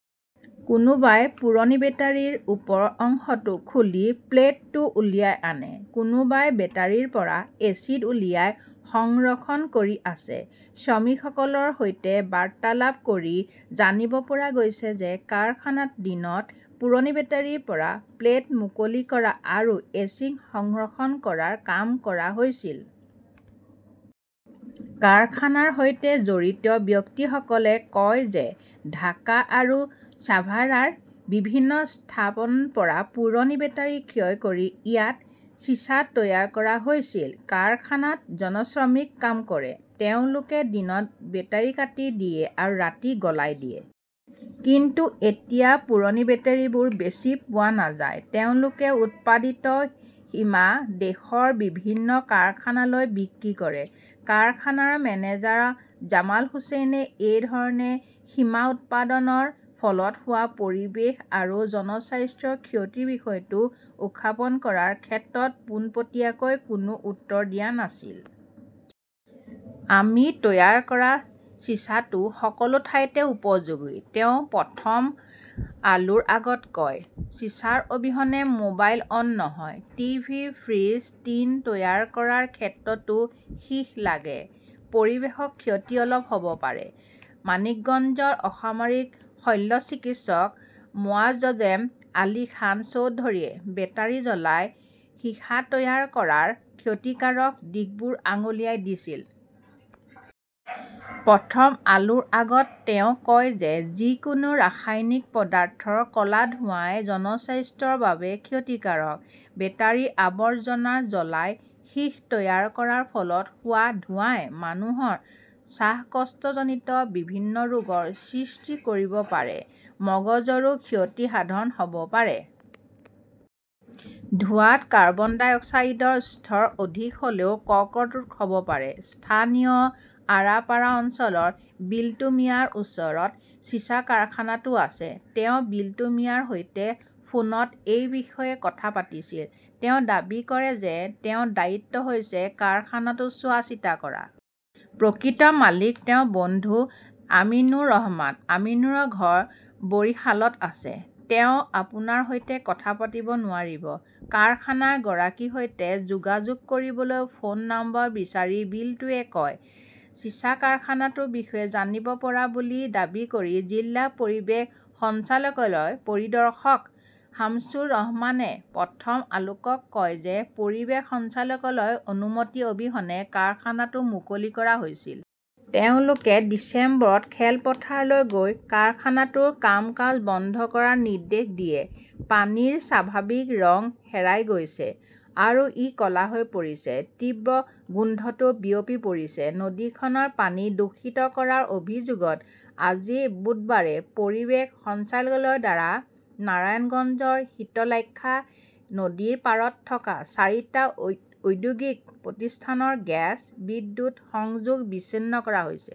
কোনোবাই পুৰণি বেটাৰীৰ ওপৰৰ অংশটো খুলি প্লেটটো উলিয়াই আনে। কোনোবাই বেটাৰিৰ পৰা এচিড উলিয়াই সংৰক্ষণ কৰি আছে। শ্ৰমিকসকলৰ সৈতে বাৰ্তালাপ কৰি জানিব পৰা গৈছে যে, কাৰখানাত দিনত পুৰণি বেটাৰিৰ পৰা প্লেট মুকলি কৰা আৰু এচিড সংৰক্ষণ কৰাৰ কাম কৰা হৈছিল। কাৰখানাৰ সৈতে জড়িত ব্যক্তিসকলে কয় যে ঢাকা আৰু ছাভাৰাৰ বিভিন্ন স্থাবন পৰা পুৰণি বেটাৰী ক্ৰয় কৰি ইয়াত চিছা তৈয়াৰ কৰা হৈছিল। কাৰখানাত জন শ্ৰমিক কাম কৰে। তেওঁলোকে দিনত বেটাৰি কাটি দিয়ে আৰু ৰাতি গলাই দিয়ে। কিন্তু এতিয়া পুৰণি বেটাৰিবোৰ বেছি পোৱা নাযায়। তেওঁলোকে উৎপাদিত সীমা দেশৰ বিভিন্ন কাৰখানালৈ বিক্ৰী কৰে। কাৰখানাৰ মেনেজাৰ জামাল হুচেইনে এই ধৰণে সীমা উৎপাদনৰ ফলত হোৱা পৰিৱেশ আৰু জনস্বাস্থ্যৰ ক্ষতিৰ বিষয়টো উখাপন কৰাৰ ক্ষেত্ৰত পোনপটীয়াকৈ কোনো উত্তৰ দিয়া নাছিল। "আমি তৈয়াৰ কৰা চিছাটো সকলো ঠাইতে উপযোগী", তেওঁ প্ৰথম আলোৰ আগত কয়। চিছাৰ অবিহনে মোবাইল অন নহয়। টিভি, ফ্ৰিজ, টিন তৈয়াৰ কৰাৰ ক্ষেত্ৰতো সীহ লাগে। পৰিৱেশৰ ক্ষতি অলপ হ'ব পাৰে। মানিকগঞ্জৰ অসামৰিক শল্যচিকিৎসক মোৱাজজেম আলী খান চৌধুৰীয়ে বেটাৰি জ্বলাই সীসা তৈয়াৰ কৰাৰ ক্ষতিকাৰক দিশবোৰ আঙুলিয়াই দিছিল। প্ৰথম আলোৰ আগত তেওঁ কয় যে, যিকোনো ৰাসায়নিক পদাৰ্থৰ ক 'লা ধোঁৱাই জনস্বাস্থ্যৰ বাবে ক্ষতিকাৰক। বেটাৰীৰ আৱৰ্জনা জ্বলাই সীহ তৈয়াৰ কৰাৰ ফলত হোৱা ধোঁৱাই মানুহৰ শ্বাসকষ্টজনিত বিভিন্ন ৰোগৰ সৃষ্টি কৰিব পাৰে। মগজৰো ক্ষতি সাধাৰণ হ'ব পাৰে। ধোঁৱাত কাৰ্বন-ডাই অক্সাইডৰ স্তৰ অধিক হ'লেও কৰ্কট ৰোগ হ'ব পাৰে। স্থানীয় আৰাপাড়া অঞ্চলৰ বিল্টু মিয়াৰ ওচৰত চিছা কাৰখানাটো আছে। তেওঁ বিল্টু মিয়াৰ সৈতে ফোনত এই বিষয়ে কথা পাতিছিল। তেওঁ দাবী কৰে যে তেওঁৰ দায়িত্ব হৈছে কাৰখানাটো চোৱাচিতা কৰা। প্ৰকৃত মালিক তেওঁৰ বন্ধু আমিনুৰ ৰহমান। আমিনুৰৰ ঘৰ বৰিশালত আছে। তেওঁ আপোনাৰ সৈতে কথা পাতিব নোৱাৰিব, কাৰখানাৰ গৰাকীৰ সৈতে যোগাযোগ কৰিবলৈ ফোন নম্বৰ বিচাৰি বিল্টুৱে কয়। চিছা কাৰখানাটোৰ বিষয়ে জানিব পৰা বুলি দাবী কৰি জিলা পৰিৱেশ সঞ্চালকালয়ৰ পৰিদৰ্শক শামছুৰ ৰহমানে প্ৰথম আলোকক কয় যে, পৰিৱেশ সঞ্চালকালয়ৰ অনুমতি অবিহনে কাৰখানাটো মুকলি কৰা হৈছিল। তেওঁলোকে ডিচেম্বৰত খেলপথাৰলৈ গৈ কাৰখানাটোৰ কাম-কাজ বন্ধ কৰাৰ নিৰ্দেশ দিয়ে। পানীৰ স্বাভাৱিক ৰং হেৰাই গৈছে আৰু ই ক 'লা হৈ পৰিছে। তীব্ৰ গোন্ধটো বিয়পি পৰিছে। নদীখনৰ পানী দূষিত কৰা অভিযোগত আজি বুধবাৰে পৰিৱেশ সঞ্চালয়ৰ দ্বাৰা নাৰায়ণগঞ্জৰ শীতলাক্ষ্যা নদীৰ পাৰত থকা চাৰিটা ঔদ্যোগিক প্ৰতিষ্ঠানৰ গেছ, বিদ্যুৎ সংযোগ বিচ্ছিন্ন কৰা হৈছে।